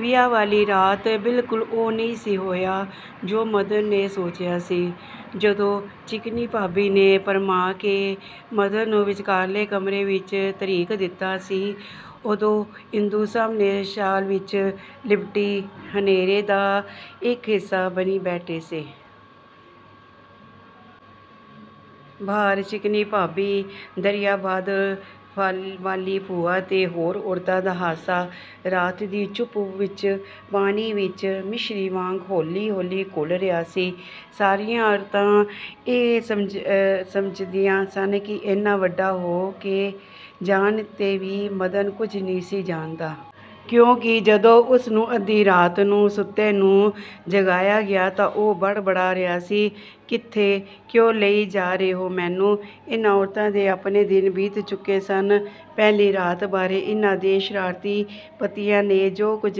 ਵਿਆਹ ਵਾਲੀ ਰਾਤ ਬਿਲਕੁਲ ਉਹ ਨਹੀਂ ਸੀ ਹੋਇਆ ਜੋ ਮਦਨ ਨੇ ਸੋਚਿਆ ਸੀ। ਜਦੋਂ ਚਿਕਨੀ ਭਾਬੀ ਨੇ ਭਰਮਾਅ ਕੇ ਮਦਨ ਨੂੰ ਵਿਚਕਾਰਲੇ ਕਮਰੇ ਵਿਚ ਧਰੀਕ ਦਿਤਾ ਸੀ, ਉਦੋਂ ਇੰਦੂ ਸਾਹਮਣੇ ਸ਼ਾਲ ਵਿਚ ਲਿਪਟੀ, ਹਨੇਰੇ ਦਾ ਇਕ ਹਿੱਸਾ ਬਣੀ ਬੈਠੀ ਸੀ। ਬਾਹਰ ਚਿਕਨੀ ਭਾਬੀ, ਦਰਿਆਬਾਦ ਵਾਲੀ ਭੂਆ ਤੇ ਹੋਰ ਔਰਤਾਂ ਦਾ ਹਾਸਾ, ਰਾਤ ਦੀ ਚੁੱਪ ਵਿਚ ਪਾਣੀ ਵਿਚ ਮਿਸ਼ਰੀ ਵਾਂਗ ਹੌਲੀ–ਹੌਲੀ ਘੁਲ ਰਿਹਾ ਸੀ। ਸਾਰੀਆਂ ਔਰਤਾਂ ਇਹੋ ਸਮਝਦੀਆਂ ਸਨ ਕਿ ਏਨਾ ਵੱਡਾ ਹੋ ਜਾਣ 'ਤੇ ਵੀ ਮਦਨ ਕੁਝ ਨਹੀਂ ਸੀ ਜਾਣਦਾ। ਕਿਉਂਕਿ ਜਦੋਂ ਉਸਨੂੰ ਅੱਧੀ ਰਾਤ ਨੂੰ ਸੁੱਤੇ ਨੂੰ ਜਗਾਇਆ ਗਿਆ ਤਾਂ ਉਹ ਬੜਬੜਾ ਰਿਹਾ ਸੀ-"ਕਿੱਥੇ, ਕਿਉਂ ਲਈ ਜਾ ਰਹੇ ਹੋ ਮੈਨੂੰ? " ਇਹਨਾਂ ਔਰਤਾਂ ਦੇ ਆਪਣੇ ਦਿਨ ਬੀਤ ਚੁੱਕੇ ਸਨ। ਪਹਿਲੀ ਰਾਤ ਬਾਰੇ ਇਹਨਾਂ ਦੇ ਸ਼ਰਾਰਤੀ ਪਤੀਆਂ ਨੇ ਜੋ ਕੁਝ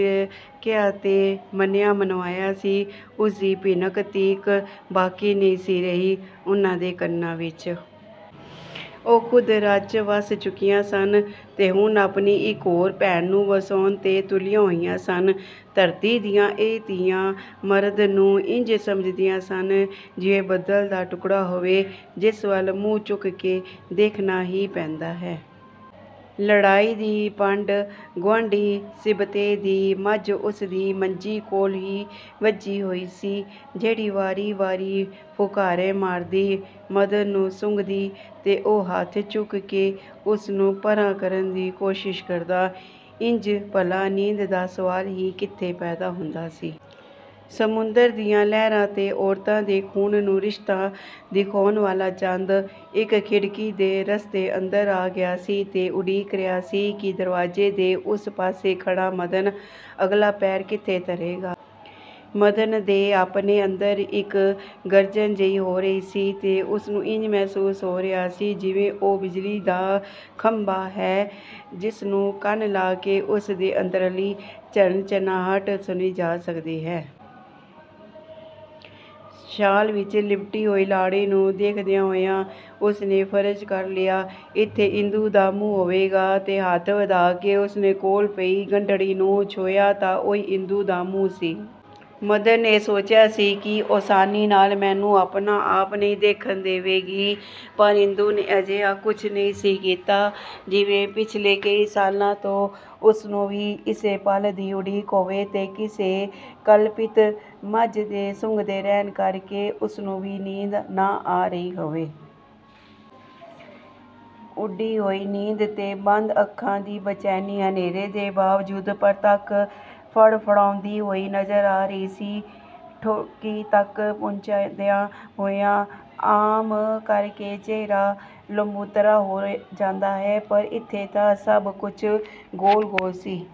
ਕਿਹਾ ਤੇ ਮੰਨਿਆਂ–ਮਨਵਾਇਆ ਸੀ, ਉਸਦੀ ਭਿਣਕ ਤੀਕ ਬਾਕੀ ਨਹੀਂ ਸੀ ਰਹੀ ਉਹਨਾਂ ਦੇ ਕੰਨਾਂ ਵਿਚ। ਉਹ ਖ਼ੁਦ ਰਚ–ਵੱਸ ਚੁੱਕੀਆਂ ਸਨ ਤੇ ਹੁਣ ਆਪਣੀ ਇਕ ਹੋਰ ਭੈਣ ਨੂੰ ਵਸਾਉਣ 'ਤੇ ਤੁਲੀਆਂ ਹੋਈਆਂ ਸਨ। ਧਰਤੀ ਦੀਆਂ ਇਹ ਧੀਆਂ ਮਰਦ ਨੂੰ ਇੰਜ ਸਮਝਦੀਆਂ ਸਨ, ਜਿਵੇਂ ਬੱਦਲ ਦਾ ਟੁਕੜਾ ਹੋਵੇ, ਜਿਸ ਵੱਲ ਮੂੰਹ ਚੁੱਕ ਕੇ ਦੇਖਣਾ ਹੀ ਪੈਂਦਾ ਹੈ। ਲੜਾਈ ਦੀ ਪੰਡ ਗੁਆਂਢੀ ਸਿਬਤੇ ਦੀ ਮੱਝ ਉਸਦੀ ਮੰਜੀ ਕੋਲ ਹੀ ਵੱਝੀ ਹੋਈ ਸੀ, ਜਿਹੜੀ ਵਾਰੀ ਵਾਰੀ ਫੁਕਾਰੇ ਮਾਰਦੀ, ਮਦਨ ਨੂੰ ਸੁੰਘਦੀ ਤੇ ਉਹ ਹੱਥ ਚੁੱਕ ਕੇ ਉਸਨੂੰ ਪਰ੍ਹਾਂ ਕਰਨ ਦੀ ਕੋਸ਼ਿਸ਼ ਕਰਦਾ-ਇੰਜ ਭਲਾ ਨੀਂਦ ਦਾ ਸਵਾਲ ਹੀ ਕਿੱਥੇ ਪੈਦਾ ਹੁੰਦਾ ਸੀ? ਸਮੁੰਦਰ ਦੀਆਂ ਲਹਿਰਾਂ ਤੇ ਔਰਤਾਂ ਦੇ ਖ਼ੂਨ ਨੂੰ ਰਸਤਾ ਦਿਖਾਉਣ ਵਾਲਾ ਚੰਦ, ਇਕ ਖਿੜਕੀ ਦੇ ਰਸਤੇ ਅੰਦਰ ਆ ਗਿਆ ਸੀ ਤੇ ਉਡੀਕ ਰਿਹਾ ਸੀ ਕਿ ਦਰਵਾਜ਼ੇ ਦੇ ਉਸ ਪਾਸੇ ਖੜ੍ਹਾ ਮਦਨ ਅਗਲਾ ਪੈਰ ਕਿੱਥੇ ਧਰੇਗਾ? ਮਦਨ ਦੇ ਆਪਣੇ ਅੰਦਰ ਇਕ ਗਰਜਨ ਜਿਹੀ ਹੋ ਰਹੀ ਸੀ ਤੇ ਉਸਨੂੰ ਇੰਜ ਮਹਿਸੂਸ ਹੋ ਰਿਹਾ ਸੀ ਜਿਵੇਂ ਉਹ ਬਿਜਲੀ ਦਾ ਖੰਭਾ ਹੈ ਜਿਸਨੂੰ ਕੰਨ ਲਾ ਕੇ ਉਸਦੇ ਅੰਦਰਲੀ ਝਣਝਣਾਹਟ ਸੁਣੀ ਜਾ ਸਕਦੀ ਹੈ। ਸ਼ਾਲ ਵਿਚ ਲਿਪਟੀ ਹੋਈ ਲਾੜੀ ਨੂੰ ਦੇਖਦਿਆਂ ਹੋਇਆਂ ਉਸਨੇ ਫਰਜ਼ ਕਰ ਲਿਆ, ਇੱਥੇ ਇੰਦੂ ਦਾ ਮੂੰਹ ਹੋਵੇਗਾ, ਤੇ ਹੱਥ ਵਧਾਅ ਕੇ ਉਸਨੇ ਕੋਲ ਪਈ ਗੰਢੜੀ ਨੂੰ ਛੂਹਿਆ ਤਾਂ ਉਹੀ ਇੰਦੂ ਦਾ ਮੂੰਹ ਸੀ। ਮਦਨ ਨੇ ਸੋਚਿਆ ਸੀ ਉਹ ਆਸਾਨੀ ਨਾਲ ਮੈਨੂੰ ਆਪਣਾ ਆਪ ਨਹੀਂ ਦੇਖਣ ਦਵੇਗੀ, ਪਰ ਇੰਦੂ ਨੇ ਅਜਿਹਾ ਕੁਝ ਨਹੀਂ ਸੀ ਕੀਤਾ, ਜਿਵੇਂ ਪਿੱਛਲੇ ਕਈ ਸਾਲਾਂ ਤੋਂ ਉਸਨੂੰ ਵੀ ਇਸੇ ਪਲ ਦੀ ਉਡੀਕ ਹੋਵੇ-ਤੇ ਕਿਸੇ ਕਲਪਿਤ ਮੱਝ ਦੇ ਸੁੰਘਦੇ ਰਹਿਣ ਕਰਕੇ ਉਸਨੂੰ ਵੀ ਨੀਂਦ ਨਾ ਆ ਰਹੀ ਹੋਵੇ। ਉੱਡੀ ਹੋਈ ਨੀਂਦ ਤੇ ਬੰਦ ਅੱਖਾਂ ਦੀ ਬੇਚੈਨੀ ਹਨੇਰੇ ਦੇ ਬਾਵਜੂਦ ਪਰਤੱਖ ਫੜਫੜਾਉਂਦੀ ਹੋਈ ਨਜ਼ਰ ਆ ਰਹੀ ਸੀ। ਠੋਡੀ ਤਕ ਪਹੁੰਚਦਿਆਂ ਹੋਇਆਂ ਆਮ ਕਰਕੇ ਚਿਹਰਾ ਲੰਬੂਤਰਾ ਹੋ ਜਾਂਦਾ ਹੈ, ਪਰ ਇੱਥੇ ਤਾਂ ਸਭ ਕੁਝ ਗੋਲ ਗੋਲ ਸੀ।